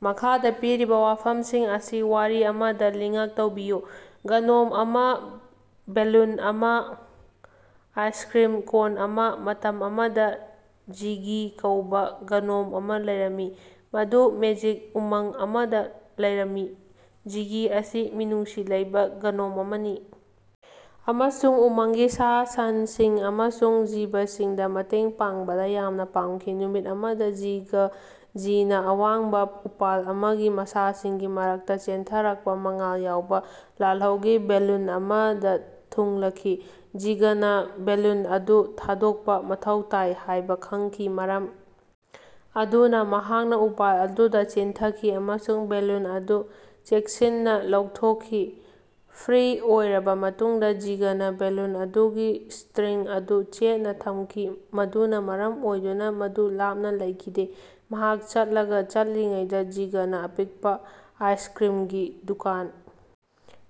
ꯃꯈꯥꯗ ꯄꯤꯔꯤꯕ ꯋꯥꯐꯝꯁꯤꯡ ꯑꯁꯤ ꯋꯥꯔꯤ ꯑꯃꯗ ꯂꯤꯉꯛ ꯇꯧꯕꯤꯌꯨ꯫ ꯒꯅꯣꯝ ꯑꯃꯥ, ꯕꯦꯂꯨꯟ ꯑꯃ, ꯑꯥꯏꯁꯀ꯭ꯔꯤꯝ ꯀꯣꯟ ꯑꯃ꯫ ꯃꯇꯝ ꯑꯃꯗ ꯖꯤꯒꯤ ꯀꯧꯕꯥ ꯒꯅꯣꯝ ꯑꯃ ꯂꯩꯔꯝꯃꯤ, ꯃꯗꯨ ꯃꯦꯖꯤꯛ ꯎꯃꯪ ꯑꯃꯗꯥ ꯂꯩꯔꯝꯃꯤ꯫ ꯖꯤꯒꯤ ꯑꯁꯤ ꯃꯤꯅꯨꯡꯁꯤ ꯂꯩꯕꯥ ꯒꯅꯣꯝ ꯑꯃꯅꯤ ꯑꯃꯁꯨꯡ ꯎꯃꯪꯒꯤ ꯁꯥ-ꯁꯟꯁꯤꯡ ꯑꯃꯁꯨꯡ ꯖꯤꯕꯁꯤꯡꯗꯥ ꯃꯇꯦꯡ ꯄꯥꯡꯕꯗꯥ ꯌꯥꯝꯅ ꯄꯥꯝꯈꯤ꯫ ꯅꯨꯃꯤꯠ ꯑꯃꯗꯥ ꯖꯤꯒꯖꯤꯅꯥ ꯑꯋꯥꯡꯕꯥ ꯎꯄꯥꯜ ꯑꯃꯒꯤ ꯃꯁꯥꯁꯤꯡꯒꯤ ꯃꯔꯛꯇꯥ ꯆꯦꯟꯊꯔꯛꯄꯥ ꯃꯉꯥꯜ ꯌꯥꯎꯕ ꯂꯥꯜꯍꯧꯒꯤ ꯕꯦꯂꯨꯟ ꯑꯃꯗꯥ ꯊꯨꯡꯂꯈꯤ꯫ ꯖꯤꯒꯅꯥ ꯕꯦꯂꯨꯟ ꯑꯗꯨ ꯊꯥꯗꯣꯛꯄ ꯃꯊꯧ ꯇꯥꯏ ꯍꯥꯏꯕ ꯈꯪꯈꯤ, ꯃꯔꯝ ꯑꯗꯨꯅ ꯃꯍꯥꯛꯅ ꯎꯄꯥꯜ ꯑꯗꯨꯗ ꯆꯦꯟꯊꯈꯤ ꯑꯃꯁꯨꯡ ꯕꯦꯂꯨꯟ ꯑꯗꯨ ꯆꯦꯛꯁꯤꯟꯅꯥ ꯂꯧꯊꯣꯛꯈꯤ꯫ ꯐ꯭ꯔꯤ ꯑꯣꯏꯔꯕꯥ ꯃꯇꯨꯡꯗ ꯖꯤꯒꯅꯥ ꯕꯦꯂꯨꯟ ꯑꯗꯨꯒꯤ ꯁ꯭ꯇꯔꯤꯡ ꯑꯗꯨ ꯆꯦꯠꯅ ꯊꯝꯈꯤ, ꯃꯗꯨꯅ ꯃꯔꯝ ꯑꯣꯏꯗꯨꯅ ꯃꯗꯨ ꯂꯥꯞꯅ ꯂꯩꯈꯤꯗꯦ꯫ ꯃꯍꯥꯛ ꯆꯠꯂꯒꯥ ꯆꯠꯂꯤꯉꯩꯗꯥ ꯖꯤꯒꯅꯥ ꯑꯄꯤꯛꯄꯥ ꯑꯥꯏꯁꯀ꯭ꯔꯤꯝꯒꯤ ꯗꯨꯀꯥꯟ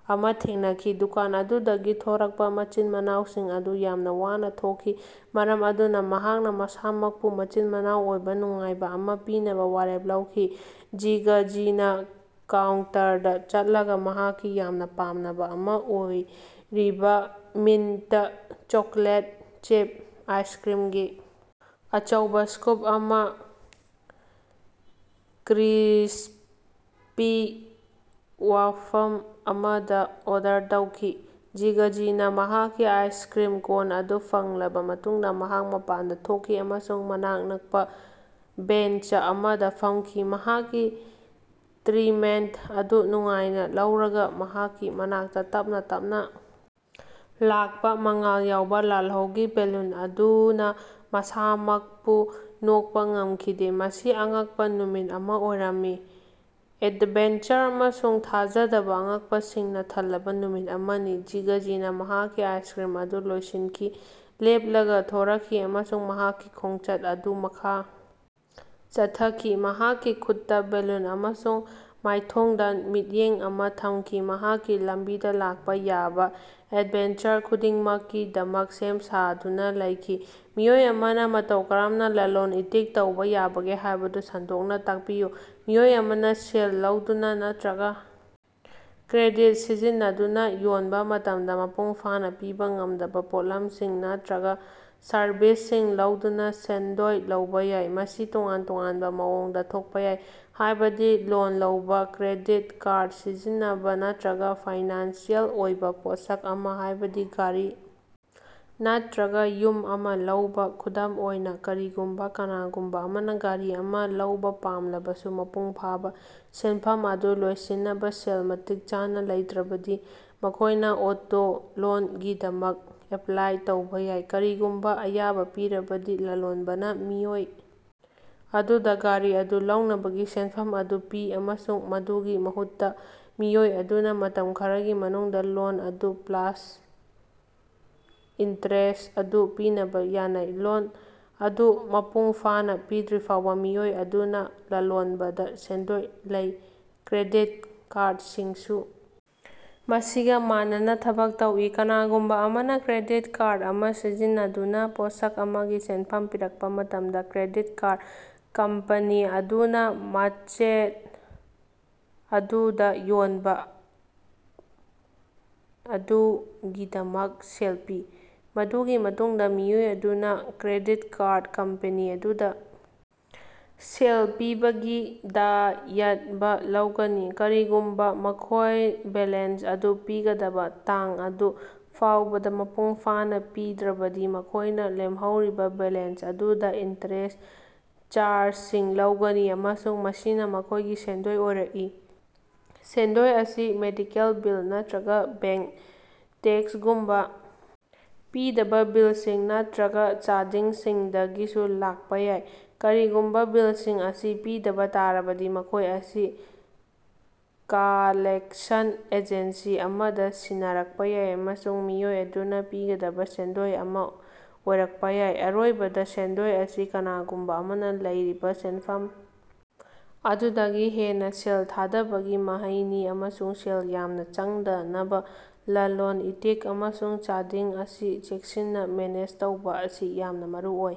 ꯑꯃ ꯊꯦꯡꯅꯈꯤ꯫ ꯗꯨꯀꯥꯟ ꯑꯗꯨꯗꯒꯤ ꯊꯣꯔꯛꯄꯥ ꯃꯆꯤꯟ-ꯃꯅꯥꯎꯁꯤꯡ ꯑꯗꯨ ꯌꯥꯝꯅ ꯋꯥꯅꯥ ꯊꯣꯛꯈꯤ, ꯃꯔꯝ ꯑꯗꯨꯅ ꯃꯍꯥꯛꯅ ꯃꯁꯥꯃꯛꯄꯨ ꯃꯆꯤꯟ-ꯃꯅꯥꯎ ꯑꯣꯏꯕ ꯅꯨꯡꯉꯥꯏꯕ ꯑꯃꯥ ꯄꯤꯅꯕ ꯋꯥꯔꯦꯞ ꯂꯧꯈꯤ꯫ ꯖꯤꯒꯖꯤꯅꯥ ꯀꯥꯎꯟꯇꯔꯗꯥ ꯆꯠꯂꯒ ꯃꯍꯥꯛꯀꯤ ꯌꯥꯝꯅꯥ ꯄꯥꯝꯅꯕꯥ ꯑꯃꯥ ꯑꯣꯏꯔꯤꯕꯥ ꯃꯤꯟꯇ ꯆꯣꯀꯣꯂꯦꯠ ꯆꯤꯞ ꯑꯥꯏꯁꯀ꯭ꯔꯤꯝꯒꯤ ꯑꯆꯧꯕ ꯁ꯭ꯀꯨꯞ ꯑꯃ ꯀ꯭ꯔꯤꯁ꯭ꯄꯤ ꯋꯥꯐꯝ ꯑꯃꯗ ꯑꯣꯔꯗꯔ ꯇꯧꯈꯤ꯫ ꯖꯤꯒꯖꯤꯅꯥ ꯃꯍꯥꯛꯀꯤ ꯑꯥꯏꯁꯀ꯭ꯔꯤꯝ ꯀꯣꯟ ꯑꯗꯨ ꯐꯪꯂꯕꯥ ꯃꯇꯨꯡꯗꯥ ꯃꯍꯥꯛ ꯃꯄꯥꯟꯗꯥ ꯊꯣꯛꯈꯤ ꯑꯃꯁꯨꯡ ꯃꯅꯥꯛ ꯅꯛꯄꯥ ꯕꯦꯟꯆ ꯑꯃꯗꯥ ꯐꯝꯈꯤ꯫ ꯃꯍꯥꯛꯀꯤ ꯇ꯭ꯔꯤꯃꯦꯟꯠ ꯑꯗꯨ ꯅꯨꯡꯉꯥꯏꯅꯥ ꯂꯧꯔꯒꯥ, ꯃꯍꯥꯛꯀꯤ ꯃꯅꯥꯛꯇ ꯇꯞꯅꯥ ꯇꯞꯅꯥ ꯂꯥꯛꯄꯥ ꯃꯉꯥꯜ ꯌꯥꯎꯕ ꯂꯥꯜꯍꯧꯒꯤ ꯕꯦꯂꯨꯟ ꯑꯗꯨꯅꯥ ꯃꯁꯥꯃꯛꯄꯨ ꯅꯣꯛꯄꯥ ꯉꯝꯈꯤꯗꯦ꯫ ꯃꯁꯤ ꯑꯉꯛꯄꯥ ꯅꯨꯃꯤꯠ ꯑꯃꯥ ꯑꯣꯏꯔꯝꯃꯤ, ꯑꯦꯠꯗꯚꯦꯟꯆꯔ ꯑꯃꯁꯨꯡ ꯊꯥꯖꯗꯕ ꯑꯉꯛꯄꯁꯤꯡꯅ ꯊꯜꯂꯕꯥ ꯅꯨꯃꯤꯠ ꯑꯃꯅꯤ꯫ ꯖꯤꯒꯖꯤꯅꯥ ꯃꯍꯥꯛꯀꯤ ꯑꯥꯏꯁꯀ꯭ꯔꯤꯝ ꯑꯗꯨ ꯂꯣꯏꯁꯤꯟꯈꯤ, ꯂꯦꯞꯂꯒꯥ ꯊꯣꯔꯛꯈꯤ ꯑꯃꯁꯨꯡ ꯃꯍꯥꯛꯀꯤ ꯈꯣꯡꯆꯠ ꯑꯗꯨ ꯃꯈꯥ ꯆꯠꯊꯈꯤ, ꯃꯍꯥꯛꯀꯤ ꯈꯨꯠꯇꯥ ꯕꯦꯂꯨꯟ ꯑꯃꯁꯨꯡ ꯃꯥꯏꯊꯣꯡꯗꯥ ꯃꯤꯠꯌꯦꯡ ꯑꯃꯥ ꯊꯝꯈꯤ, ꯃꯍꯥꯛꯀꯤ ꯂꯝꯕꯤꯗꯥ ꯂꯥꯛꯄꯥ ꯌꯥꯕꯥ ꯑꯦꯗꯚꯦꯟꯆꯔ ꯈꯨꯗꯤꯡꯃꯛꯀꯤꯗꯃꯛ ꯁꯦꯝ ꯁꯥꯗꯨꯅ ꯂꯩꯈꯤ꯫ ꯃꯤꯑꯣꯏ ꯑꯃꯅꯥ ꯃꯇꯧ ꯀꯔꯝꯅ ꯂꯥꯂꯣꯟ-ꯏꯇꯤꯛ ꯇꯧꯕꯥ ꯌꯥꯕꯒꯦ ꯍꯥꯏꯕꯗꯨ ꯁꯟꯗꯣꯛꯅꯥ ꯇꯥꯛꯄꯤꯌꯨ꯫ ꯃꯤꯑꯣꯏ ꯑꯃꯅꯥ ꯁꯦꯜ ꯂꯧꯗꯨꯅꯥ ꯅꯠꯇꯔꯒꯥ ꯀ꯭ꯔꯦꯗꯤꯠ ꯁꯤꯖꯤꯟꯅꯗꯨꯅ ꯌꯣꯟꯕ ꯃꯇꯝꯗ ꯃꯄꯨꯡ ꯐꯥꯅꯥ ꯄꯤꯕꯥ ꯉꯝꯗꯕꯥ ꯄꯣꯠꯂꯝꯁꯤꯡ ꯅꯠꯇꯔꯒ ꯁꯥꯔꯚꯤꯁꯁꯤꯡ ꯂꯧꯗꯨꯅ ꯁꯦꯟꯗꯣꯏ ꯂꯧꯕꯥ ꯌꯥꯏ꯫ ꯃꯁꯤ ꯇꯣꯉꯥꯟ-ꯇꯣꯉꯥꯟꯕ ꯃꯑꯣꯡꯗ ꯊꯣꯛꯄ ꯌꯥꯏ, ꯍꯥꯏꯕꯗꯤ ꯂꯣꯟ ꯂꯧꯕ, ꯀ꯭ꯔꯦꯗꯤꯠ ꯀꯥꯔ꯭ꯗ ꯁꯤꯖꯤꯟꯅꯕ, ꯅꯠꯇꯔꯒ ꯐꯥꯏꯅꯥꯟꯁꯤꯑꯦꯜ ꯑꯣꯏꯕ ꯄꯣꯠꯁꯛ ꯑꯃꯥ ꯍꯥꯏꯕꯗꯤ ꯒꯥꯔꯤ ꯅꯠꯇꯔꯒꯥ ꯌꯨꯝ ꯑꯃ ꯂꯧꯕ꯫ ꯈꯨꯗꯝ ꯑꯣꯏꯅꯥ, ꯀꯔꯤꯒꯨꯝꯕ ꯀꯅꯥꯒꯨꯝꯕ ꯑꯃꯅ ꯒꯥꯔꯤ ꯑꯃꯥ ꯂꯧꯕꯥ ꯄꯥꯝꯂꯕꯁꯨ ꯃꯄꯨꯡ ꯐꯥꯕ ꯁꯦꯟꯐꯝ ꯑꯗꯨ ꯂꯣꯏꯁꯤꯟꯅꯕ ꯁꯦꯜ ꯃꯇꯤꯛ ꯆꯥꯅ ꯂꯩꯇꯔꯕꯗꯤ ꯃꯈꯣꯏꯅꯥ ꯑꯣꯇꯣ ꯂꯣꯟꯒꯤꯗꯃꯛ ꯑꯦꯄ꯭ꯂꯥꯏ ꯇꯧꯕꯥ ꯌꯥꯏ꯫ ꯀꯔꯤꯒꯨꯝꯕꯥ ꯑꯌꯥꯕꯥ ꯄꯤꯔꯕꯗꯤ, ꯂꯥꯂꯣꯟꯕꯅꯥ ꯃꯤꯑꯣꯏ ꯑꯗꯨꯗꯥ ꯒꯥꯔꯤ ꯑꯗꯨ ꯂꯧꯅꯕꯒꯤ ꯁꯦꯟꯐꯝ ꯑꯗꯨ ꯄꯤ, ꯑꯃꯁꯨꯡ ꯃꯗꯨꯒꯤ ꯃꯍꯨꯠꯇꯥ, ꯃꯤꯑꯣꯏ ꯑꯗꯨꯅ ꯃꯇꯝ ꯈꯔꯒꯤ ꯃꯅꯨꯡꯗꯥ ꯂꯣꯟ ꯑꯗꯨ ꯄ꯭ꯂꯥꯁ ꯏꯟꯇ꯭ꯔꯦꯁ ꯑꯗꯨ ꯄꯤꯅꯕ ꯌꯥꯅꯩ꯫ ꯂꯣꯟ ꯑꯗꯨ ꯃꯄꯨꯡꯐꯥꯅ ꯄꯤꯗ꯭ꯔꯤꯐꯥꯎꯕ, ꯃꯤꯑꯣꯏ ꯑꯗꯨꯅꯥ ꯂꯥꯂꯣꯟꯕꯗ ꯁꯦꯟꯗꯣꯏ ꯂꯩ꯫ ꯀ꯭ꯔꯦꯗꯤꯠ ꯀꯥꯔ꯭ꯗꯁꯤꯡꯁꯨ ꯃꯁꯤꯒꯥ ꯃꯥꯟꯅꯅꯥ ꯊꯕꯛ ꯇꯧꯏ꯫ ꯀꯅꯥꯒꯨꯝꯕꯥ ꯑꯃꯅꯥ ꯀ꯭ꯔꯦꯗꯤꯠ ꯀꯥꯔ꯭ꯗ ꯑꯃꯥ ꯁꯤꯖꯤꯟꯅꯗꯨꯅꯥ ꯄꯣꯠꯁꯛ ꯑꯃꯒꯤ ꯁꯦꯟꯐꯝ ꯄꯤꯔꯛꯄꯥ ꯃꯇꯝꯗ ꯀ꯭ꯔꯦꯗꯤꯠ ꯀꯥꯔ꯭ꯗ ꯀꯝꯄꯥꯅꯤ ꯑꯗꯨꯅꯥ ꯃꯥꯔꯆꯦꯟꯠ ꯑꯗꯨꯗ ꯌꯣꯟꯕꯥ ꯑꯗꯨꯒꯤꯗꯃꯛ ꯁꯦꯜ ꯄꯤ꯫ ꯃꯗꯨꯒꯤ ꯃꯇꯨꯡꯗꯥ ꯃꯤꯑꯣꯏ ꯑꯗꯨꯅꯥ ꯀ꯭ꯔꯦꯗꯤꯠ ꯀꯥꯔ꯭ꯗ ꯀꯝꯄꯥꯅꯤ ꯑꯗꯨꯗ ꯁꯦꯜ ꯄꯤꯕꯒꯤ ꯗꯥꯌꯠꯕ ꯂꯧꯒꯅꯤ꯫ ꯀꯔꯤꯒꯨꯝꯕ ꯃꯈꯣꯏ ꯕꯦꯂꯦꯟꯁ ꯑꯗꯨ ꯄꯤꯒꯗꯕ ꯇꯥꯡ ꯑꯗꯨ ꯐꯥꯎꯕꯗ ꯃꯄꯨꯡꯐꯥꯅꯥ ꯄꯤꯗ꯭ꯔꯕꯗꯤ, ꯃꯈꯣꯏꯅ ꯂꯦꯝꯍꯧꯔꯤꯕꯥ ꯕꯦꯂꯦꯟꯁ ꯑꯗꯨꯗ ꯏꯟꯇ꯭ꯔꯦꯁ ꯆꯥꯔꯖꯁꯤꯡ ꯂꯧꯒꯅꯤ, ꯑꯃꯁꯨꯡ ꯃꯁꯤꯅꯥ ꯃꯈꯣꯏꯒꯤ ꯁꯦꯟꯗꯣꯏ ꯑꯣꯏꯔꯛꯏ꯫ ꯁꯦꯟꯗꯣꯏ ꯑꯁꯤ ꯃꯦꯗꯤꯀꯦꯜ ꯕꯤꯜ ꯅꯠꯇꯔꯒ ꯕꯦꯡꯛ ꯇꯦꯛꯁꯒꯨꯝꯕ ꯄꯤꯗꯕ ꯕꯤꯜꯁꯤꯡ ꯅꯠꯇꯔꯒ ꯆꯥꯗꯤꯡꯁꯤꯡꯗꯒꯤꯁꯨ ꯂꯥꯛꯄ ꯌꯥꯏ꯫ ꯀꯔꯤꯒꯨꯝꯕ ꯕꯤꯜꯁꯤꯡ ꯑꯁꯤ ꯄꯤꯗꯕꯥ ꯇꯥꯔꯕꯗꯤ, ꯃꯈꯣꯏ ꯑꯁꯤ ꯀꯥꯂꯦꯛꯁꯟ ꯑꯦꯖꯦꯟꯁꯤ ꯑꯃꯗ ꯁꯤꯟꯅꯔꯛꯄꯥ ꯌꯥꯏ ꯑꯃꯁꯨꯡ ꯃꯤꯑꯣꯏ ꯑꯗꯨꯅꯥ ꯄꯤꯒꯗꯕ ꯁꯦꯟꯗꯣꯏ ꯑꯃꯥ ꯑꯣꯏꯔꯛꯄꯥ ꯌꯥꯏ꯫ ꯑꯔꯣꯏꯕꯗ, ꯁꯦꯟꯗꯣꯏ ꯑꯁꯤ ꯀꯅꯥꯒꯨꯝꯕ ꯑꯃꯅ ꯂꯩꯔꯤꯕ ꯁꯦꯟꯐꯝ ꯑꯗꯨꯗꯒꯤ ꯍꯦꯟꯅꯥ ꯁꯦꯜ ꯊꯥꯗꯕꯒꯤ ꯃꯍꯩꯅꯤ, ꯑꯃꯁꯨꯡ ꯁꯦꯜ ꯌꯥꯝꯅ ꯆꯪꯗꯅꯕꯥ ꯂꯥꯂꯣꯟ-ꯏꯇꯤꯛ ꯑꯃꯁꯨꯡ ꯆꯥꯗꯤꯡ ꯑꯁꯤ ꯆꯦꯛꯁꯤꯟꯅ ꯃꯦꯅꯦꯖ ꯇꯧꯕ ꯑꯁꯤ ꯌꯥꯝꯅ ꯃꯔꯨꯑꯣꯏ꯫